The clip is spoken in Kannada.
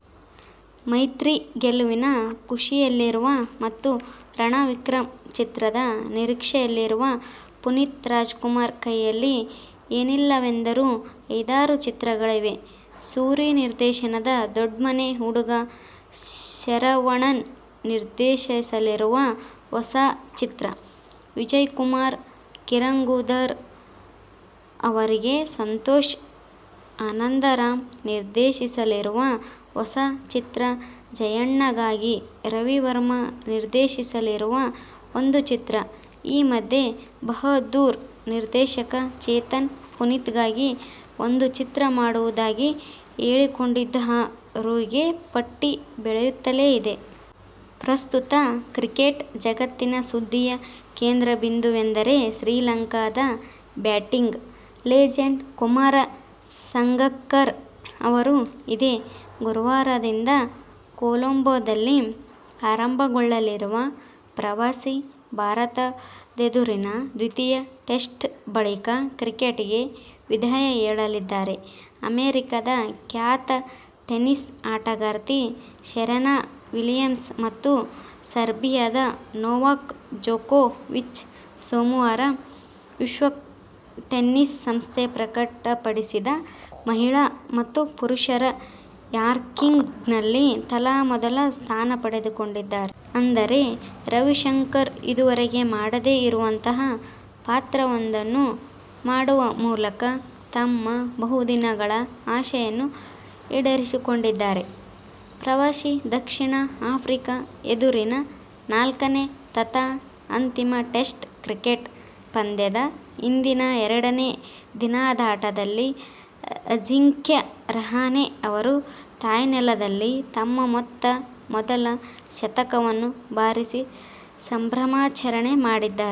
"ಮೈತ್ರಿ' ಗೆಲುವಿನ ಖುಷಿಯಲ್ಲಿರುವ ಮತ್ತು "ರಣವಿಕ್ರಮ' ಚಿತ್ರದ ನಿರೀಕ್ಷೆಯಲ್ಲಿರುವ ಪುನೀತ್ ರಾಜ್ಕುಮಾರ್ ಕೈಯಲ್ಲಿ ಏನಿಲ್ಲವೆಂದರೂ ಐದಾರು ಚಿತ್ರಗಳಿವೆ. ಸೂರಿ ನಿರ್ದೇಶನದ "ದೊಡ್ಮನೆ ಹುಡುಗ', ಶರವಣನ್ ನಿರ್ದೇಶಿಸಲಿರುವ ಹೊಸ ಚಿತ್ರ, ವಿಜಯ್ಕುಮಾರ್ ಕಿರಂಗದೂರು ಅವರಿಗೆ ಸಂತೋಷ್ ಆನಂದರಾಮ್ ನಿರ್ದೇಶಿಸಲಿರುವ ಹೊಸ ಚಿತ್ರ, ಜಯಣ್ಣಗಾಗಿ ರವಿವರ್ಮ ನಿರ್ದೇಶಿಸಲಿರುವ ಒಂದು ಚಿತ್ರ, ಈ ಮಧ್ಯೆ "ಬಹದ್ದೂರ್' ನಿರ್ದೇಶಕ ಚೇತನ್, ಪುನೀತ್ಗಾಗಿ ಒಂದು ಚಿತ್ರ ಮಾಡುವುದಾಗಿ ಹೇಳಿಕೊಂಡಿದ್ದರುಹೀಗೆ ಪಟ್ಟಿ ಬೆಳೆಯುತ್ತಲೇ ಇದೆ. ಪ್ರಸ್ತುತ ಕ್ರಿಕೆಟ್ ಜಗತ್ತಿನ ಸುದ್ದಿಯ ಕೇಂದ್ರಬಿಂದುವೆಂದರೆ ಶ್ರೀಲಂಕಾದ ಬ್ಯಾಟಿಂಗ್ ಲೆಜೆಂಡ್ ಕುಮಾರ ಸಂಗಕ್ಕರ. ಅವರು ಇದೇ ಗುರುವಾರದಿಂದ ಕೊಲಂಬೋದಲ್ಲಿ ಆರಂಭಗೊಳ್ಳಲಿರುವ ಪ್ರವಾಸಿ ಭಾರತದೆದುರಿನ ದ್ವಿತೀಯ ಟೆಸ್ಟ್ ಬಳಿಕ ಕ್ರಿಕೆಟಿಗೆ ವಿದಾಯ ಹೇಳಲಿದ್ದಾರೆ. ಅಮೆರಿಕದ ಖ್ಯಾತ ಟೆನಿಸ್ ಆಟಗಾರ್ತಿ ಸೆರೆನಾ ವಿಲಿಯಮ್ಸ್ ಮತ್ತು ಸರ್ಬಿಯಾದ ನೊವಾಕ್ ಜೋಕೋವಿಚ್, ಸೋಮವಾರ ವಿಶ್ವ ಟೆನ್ನಿಸ್ ಸಂಸ್ಥೆ ಪ್ರಕಟಪಡಿಸಿದ ಮಹಿಳಾ ಮತ್ತು ಪುರುಷರ ರ್ಯಾಂಕಿಂಗ್ನಲ್ಲಿ ತಲಾ ಮೊದಲ ಸ್ಥಾನ ಪಡೆದುಕೊಂಡಿದ್ದಾರೆ. ಆದರೆ, ರವಿಶಂಕರ್ ಇದುವರೆಗೆ ಮಾಡದೇ ಇರುವಂತಹ ಪಾತ್ರವೊಂದನ್ನು ಮಾಡುವ ಮೂಲಕ ತಮ್ಮ ಬಹುದಿನಗಳ ಆಸೆಯನ್ನು ಈಡೇರಿಸಿಕೊಂಡಿದ್ದಾರೆ. ಪ್ರವಾಸಿ ದಕ್ಷಿಣ ಆಫ್ರಿಕ ಎದುರಿನ ನಾಲ್ಕನೇ ತಥಾ ಅಂತಿಮ ಟೆಸ್ಟ್ ಕ್ರಿಕೆಟ್ ಪಂದ್ಯದ ಇಂದಿನ ಎರಡನೇ ದಿನದಾಟದಲ್ಲಿ ಅಜಿಂಕ್ಯ ರಹಾನೆ ಅವರು ತಾಯ್ನೆಲದಲ್ಲಿ ತಮ್ಮ ಮೊತ್ತ ಮೊದಲ ಶತಕವನ್ನು ಬಾರಿಸಿ ಸಂಭ್ರಮಾಚರಣೆ ಮಾಡಿದ್ದಾರೆ.